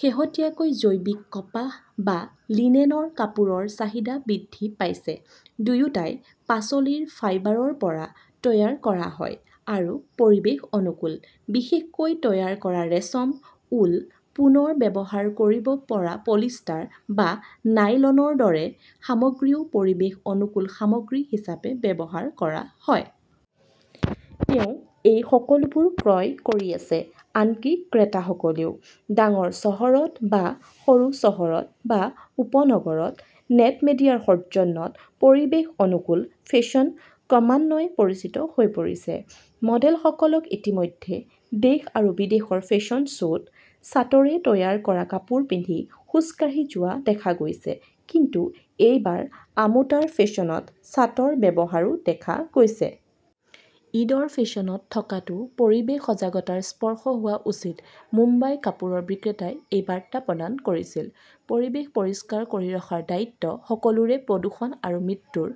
শেহতীয়াকৈ জৈৱিক কপাহ বা লিনেনৰ কাপোৰৰ চাহিদা বৃদ্ধি পাইছে। দুয়োটাই পাচলিৰ ফাইবাৰৰ পৰা তৈয়াৰ কৰা হয় আৰু পৰিৱেশ অনুকূল। বিশেষকৈ তৈয়াৰ কৰা ৰেচম, উল, পুনৰ ব্যৱহাৰ কৰিব পৰা পলিষ্টাৰ বা নাইলনৰ দৰে সামগ্ৰীও পৰিৱেশ অনুকূল সামগ্ৰী হিচাপে ব্যৱহাৰ কৰা হয়। তেওঁ এই সকলোবোৰ ক্ৰয় কৰি আছে, আনকি ক্ৰেতাসকলেও। ডাঙৰ চহৰত বা সৰু চহৰত বা উপনগৰত নেট মিডিয়াৰ সৌজন্যত পৰিৱেশ-অনুকূল ফেশ্বন ক্ৰমান্বয়ে পৰিচিত হৈ পৰিছে। মডেলসকলক ইতিমধ্যে দেশ আৰু বিদেশৰ ফেশ্বন শ্ব 'ত চাটৰে তৈয়াৰ কৰা কাপোৰ পিন্ধি খোজ কাঢ়ি যোৱা দেখা গৈছে, কিন্তু এইবাৰ আমোটাৰ ফেশ্বনত চাটৰ ব্যৱহাৰো দেখা গৈছে। ঈদৰ ফেশ্বনত থকাটো পৰিৱেশ সজাগতাৰ স্পৰ্শ হোৱা উচিত-মুম্বাইৰ কাপোৰৰ বিক্ৰেতাই এই বাৰ্তা প্ৰদান কৰিছিল। পৰিৱেশ পৰিষ্কাৰ কৰি ৰখাৰ দায়িত্ব সকলোৰে প্ৰদূষণ আৰু মৃত্যুৰ।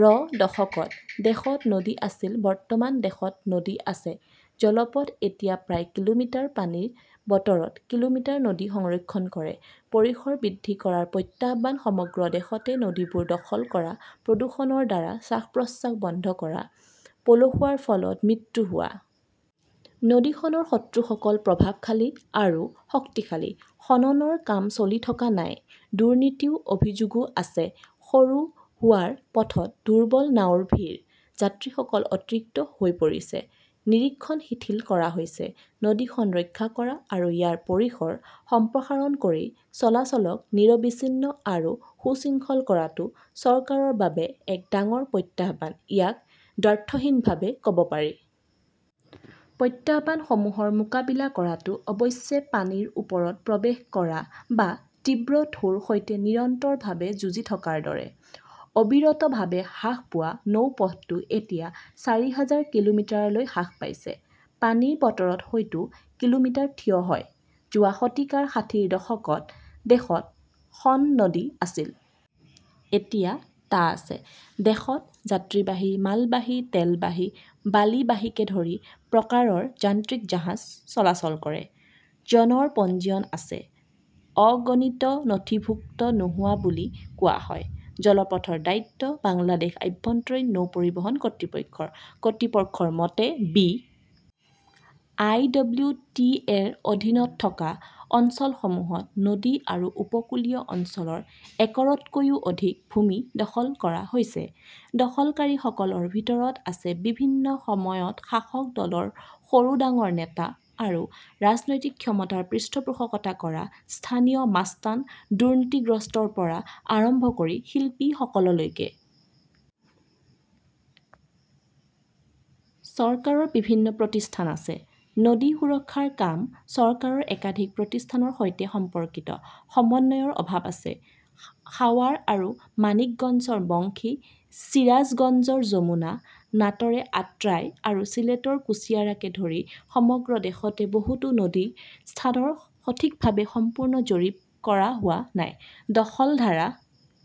-ৰ দশকত দেশত নদী আছিল বৰ্তমান দেশত নদী আছে জলপথ এতিয়া প্ৰায় কিলোমিটাৰ পানীৰ বতৰত কিলোমিটাৰ নদী সংৰক্ষণ কৰে, পৰিসৰ বৃদ্ধি কৰাৰ প্ৰত্যাহ্বান সমগ্ৰ দেশতে নদীবোৰ দখল কৰা, প্ৰদূষণৰ দ্বাৰা শ্বাস-প্ৰশ্বাস বন্ধ কৰা, পলসুৱাৰ ফলত মৃত্যু হোৱা। নদীখনৰ শত্ৰুসকল প্ৰভাৱশালী আৰু শক্তিশালী। খননৰ কাম চলি থকা নাই, দুৰ্নীতিৰ অভিযোগও আছে। সৰু হোৱাৰ পথত দুৰ্বল নাওৰ ভিৰ। যাত্ৰীসকল অতিৰিক্ত হৈ পৰিছে। নিৰীক্ষণ শিথিল কৰা হৈছে। নদীখন ৰক্ষা কৰা আৰু ইয়াৰ পৰিসৰ সম্প্ৰসাৰণ কৰি চলাচলক নিৰবিচ্ছিন্ন আৰু সুশৃঙ্খল কৰাটো চৰকাৰৰ বাবে এক ডাঙৰ প্ৰত্যাহ্বান-ইয়াক দ্ব্যৰ্থহীনভাৱে ক "ব পাৰি। প্ৰত্যাহ্বানসমূহৰ মোকাবিলা কৰাটো অৱশ্যে পানীৰ ওপৰত প্ৰৱেশ কৰা বা তীব্ৰ ঢৌৰ সৈতে নিৰন্তৰভাৱে যুঁজি থকাৰ দৰে। অবিৰতভাৱে হ্ৰাস পোৱা নৌপথটো এতিয়া চাৰি হাজাৰ কিলোমিটাৰলৈ হ্ৰাস পাইছে। পানীৰ বতৰত হয়তো, কিলোমিটাৰ থিয় হয়। যোৱা শতিকাৰ ষাঠিৰ দশকত দেশত খন নদী আছিল। এতিয়া টা আছে। দেশত যাত্ৰীবাহী, মালবাহী, তেলবাহী, বালিবাহীকে ধৰি প্ৰকাৰৰ যান্ত্ৰিক জাহাজ চলাচল কৰে।, জনৰ পঞ্জীয়ন আছে। অগণিত নথিভুক্ত নোহোৱা বুলি কোৱা হয়। জলপথৰ দায়িত্ব বাংলাদেশ আভ্যন্তৰীণ নৌ পৰিবহণ কৰ্তৃপক্ষৰ। কৰ্তৃপক্ষৰ মতে, B. I. W. T. A. -ৰ অধীনত থকা অঞ্চলসমূহত নদী আৰু উপকূলীয় অঞ্চলৰ একৰতকৈও অধিক ভূমি দখল কৰা হৈছে। দখলকাৰীসকলৰ ভিতৰত আছে বিভিন্ন সময়ত শাসক দলৰ সৰু ডাঙৰ নেতা আৰু ৰাজনৈতিক ক্ষমতাৰ পৃষ্ঠপোষকতা কৰা স্থানীয় মাস্তান-দুৰ্নীতিগ্ৰস্তৰ পৰা আৰম্ভ কৰি শিল্পীসকললৈকে। চৰকাৰৰ বিভিন্ন প্ৰতিষ্ঠান আছে। নদী সুৰক্ষাৰ কাম চৰকাৰৰ একাধিক প্ৰতিষ্ঠানৰ সৈতে সম্পৰ্কিত। সমন্বয়ৰ অভাৱ আছে। সাৱাৰ আৰু মানিকগঞ্জৰ বংশী, চিৰাজগঞ্জৰ যমুনা, নাটৰে আট্ৰাই আৰু চিলেটৰ কুশিয়াৰাকে ধৰি সমগ্ৰ দেশতে বহুতো নদীৰ স্থানৰ সঠিকভাৱে সম্পূৰ্ণ জৰীপ কৰা হোৱা নাই। দখলধাৰা